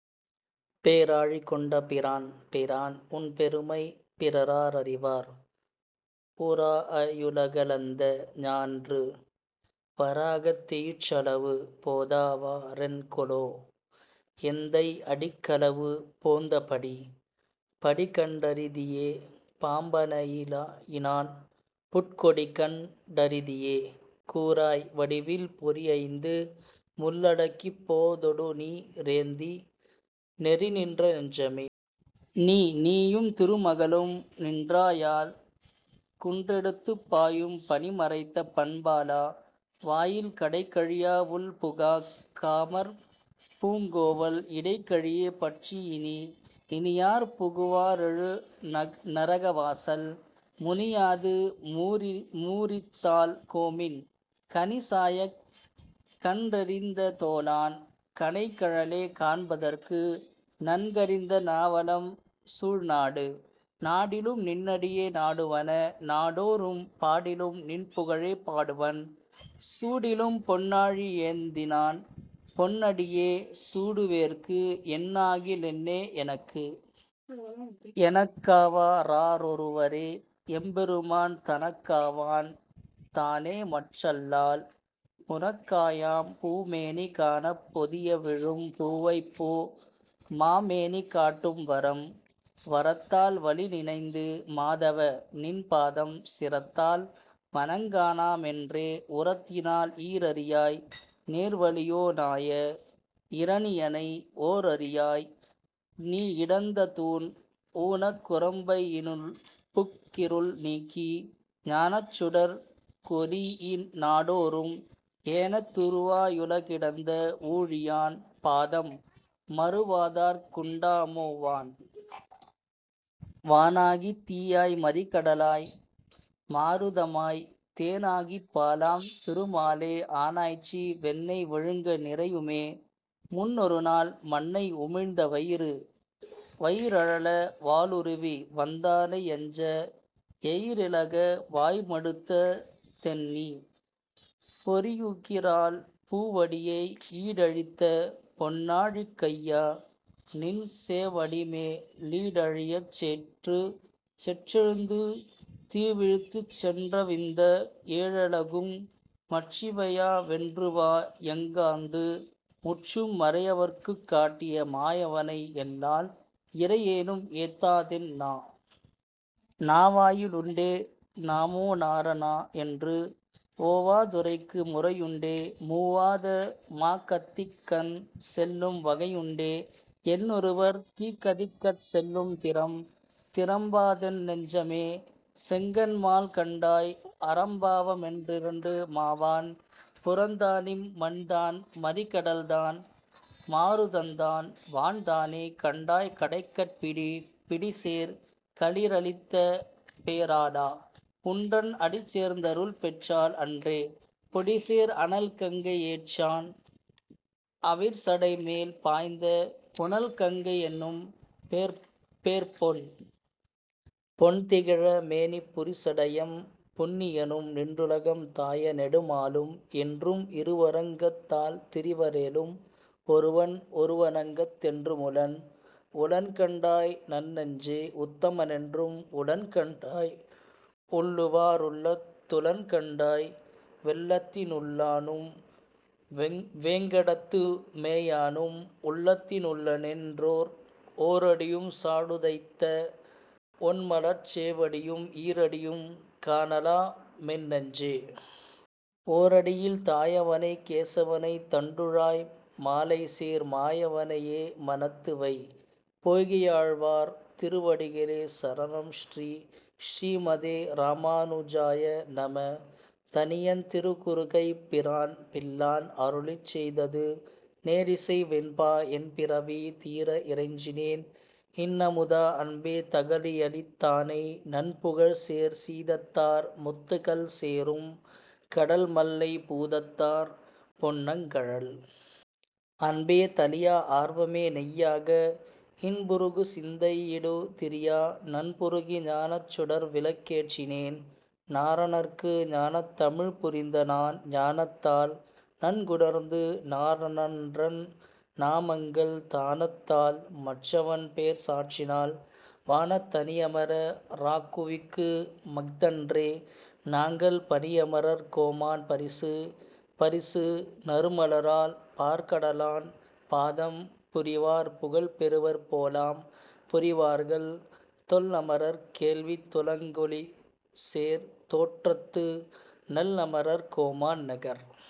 பேராழி கொண்ட பிரான்? பிரான். உன் பெருமை பிறரா ரறிவார்?, உராஅ யுலகளந்த ஞான்று, வராகத் தெயிற்றளவு போதாவா றென்கொலோ, எந்தை அடிக்களவு போந்த படி? படிகண் டறிதியே பாம்பணையி னான், புட் கொடிகண் டறிதியே? கூறாய், வடிவில் பொறியைந்து முள்ளடக்கிப் போதொடுநீ ரேந்தி, நெறிநின்ற நெஞ்சமே. நீ. நீயும் திருமகளும் நின்றாயால், குன்றெடுத்துப் பாயும் பனிமறைத்த பண்பாளா, வாயில் கடைகழியா வுள்புகாக் காமர்பூங் கோவல் இடைகழியே பற்றி யினி. இனியார் புகுவா ரெழுநரக வாசல்? முனியாது மூரித்தாள் கோமின், கனிசாயக் கன்றெறிந்த தோளான் கனைகழலே காண்பதற்கு, நன்கறிந்த நாவலம்சூழ் நாடு. நாடிலும் நின்னடியே நாடுவன, நாடோ றும் பாடிலும் நின்புகழே பாடுவன், சூடிலும் பொன்னாழி யேந்தினான் பொன்னடியே சூடுவேற்கு, என்னாகி லென்னே எனக்கு? எனக்காவா ராரொருவரே, எம்பெருமான் தனக்காவான் தானேமற் றல்லால், புனக்காயாம் பூமேனி காணப் பொதியவிழும் பூவைப்பூ, மாமேனி காட்டும் வரம். வரத்தால் வலிநினைந்து மாதவ. நின் பாதம், சிரத்தால் வணங்கானா மென்றே, உரத்தினால் ஈரரியாய் நேர்வலியோ னாய இரணியனை, ஓரரியாய் நீயிடந்த தூன்? ஊனக் குரம்பையி னுள்புக் கிருள்நீக்கி, ஞானச் சுடர்கொளீஇ நாடோ றும், ஏனத் துருவா யுலகிடந்த வூழியான் பாதம், மருவாதார்க் குண்டாமோ வான்? வானாகித் தீயாய் மறிகடலாய் மாருதமாய் தேனாகிப் பாலாம் திருமாலே, ஆனாய்ச்சி வெண்ணெய் விழுங்க நிறையுமே, முன்னொருநாள் மண்ணை உமிழ்ந்த வயிறு? வயிறழல வாளுருவி வந்தானை யஞ்ச எயிறிலக வாய்மடுத்த தென்நீ, பொறியுகிரால் பூவடியை யீடழித்த பொன்னாழிக் கையா, நின் சேவடிமே லீடழியச் செற்று? செற்றெழுந்து தீவிழித்துச் சென்றவிந்த ஏழுலகும், மற்றிவையா வென்றுவா யங்காந்து, முற்றும் மறையவற்குக் காட்டிய மாயவனை யல்லால், இறையேனும் ஏத்தாதென் நா. நாவாயி லுண்டே நமோநார ணா என்று, ஓவா துரைக்கு முரையுண்டே, மூவாத மாக்கதிக்கண் செல்லும் வகையுண்டே, என்னொருவர் தீக்கதிக்கட் செல்லும் திறம்? திறம்பாதென் னெஞ்சமே. செங்கண்மால் கண்டாய், அறம்பாவ மென்றிரண்டு மாவான், புறந்தானிம் மண்தான் மறிகடல்தான் மாருதந்தான், வான்தானே, கண்டாய் கடைக்கட் பிடி. பிடிசேர் களிறளித்த பேராளா, உன்றன் அடிசேர்ந் தருள்பெற்றாள் அன்றே, பொடிசேர் அனல்கங்கை யேற்றான் அவிர்சடைமேல் பாய்ந்த, புனல்கங்கை யென்னும்பேர்ப் பொன்? பொன்திகழ மேனிப் புரிசடையம் புண்ணியனும், நின்றுலகம் தாய நெடுமாலும், என்றும் இருவரங்கத் தால்திரிவ ரேலும், ஒருவன் ஒருவனங்கத் தென்று முளன். உளன்கண்டாய் நன்னெஞ்சே. உத்தமன் என்றும் உளன்கண்டாய், உள்ளூவா ருள்ளத் துளன்கண்டாய், வெள்ளத்தி னுள்ளானும் வேங்கடத்து மேயானும், உள்ளத்தி னுள்ளனென் றோர். ஓரடியும் சாடுதைத்த ஒண்மலர்ச் சேவடியும், ஈரடியும் காணலா மென்னெஞ்சே. ஓரடியில் தாயவனைக் கேசவனைத் தண்டுழாய் மாலைசேர், மாயவனை யேமனத்து வை. பொய்கையாழ்வார் திருவடிகளே சரணம் ஸ்ரீ: ஸ்ரீமதே ராமானுஜாய நம: தனியன் திருகுருகைப்பிரான் பிள்ளான் அருளிச் செய்தது நேரிசை வெண்பா என்பிறவி தீர இறைஞ்சினேன் இன்னமுதா அன்பே தகளி யளித்தானை, நன்புகழ்சேர் சீதத்தார் முத்துகள் சேரும் கடல்மல்லைப் பூதத்தார் பொன்னங்கழல். அன்பே தளியா ஆர்வமே நெய்யாக, இன்புருகு சிந்தை யிடுதிரியா, நன்புருகி ஞானச் சுடர்விளக் கேற்றினேன் நாரணற்கு ஞானத் தமிழ்புரிந்த நான். ஞானத்தால் நன்குணர்ந்து நாரணன்றன் நாமங்கள், தானத்தால் மற்றவன் பேர் சாற்றினால், வானத் தணியமர ராக்குவிக்கு மஃதன்றே, நாங்கள் பணியமரர் கோமான் பரிசு? பரிசு நறுமலரால் பாற்கடலான் பாதம், புரிவார் புகழ்பெறுவர் போலாம், புரிவார்கள் தொல்லமரர் கேள்வித் துலங்கொளிசேர் தோற்றத்து நல்லமரர் கோமான் நகர்.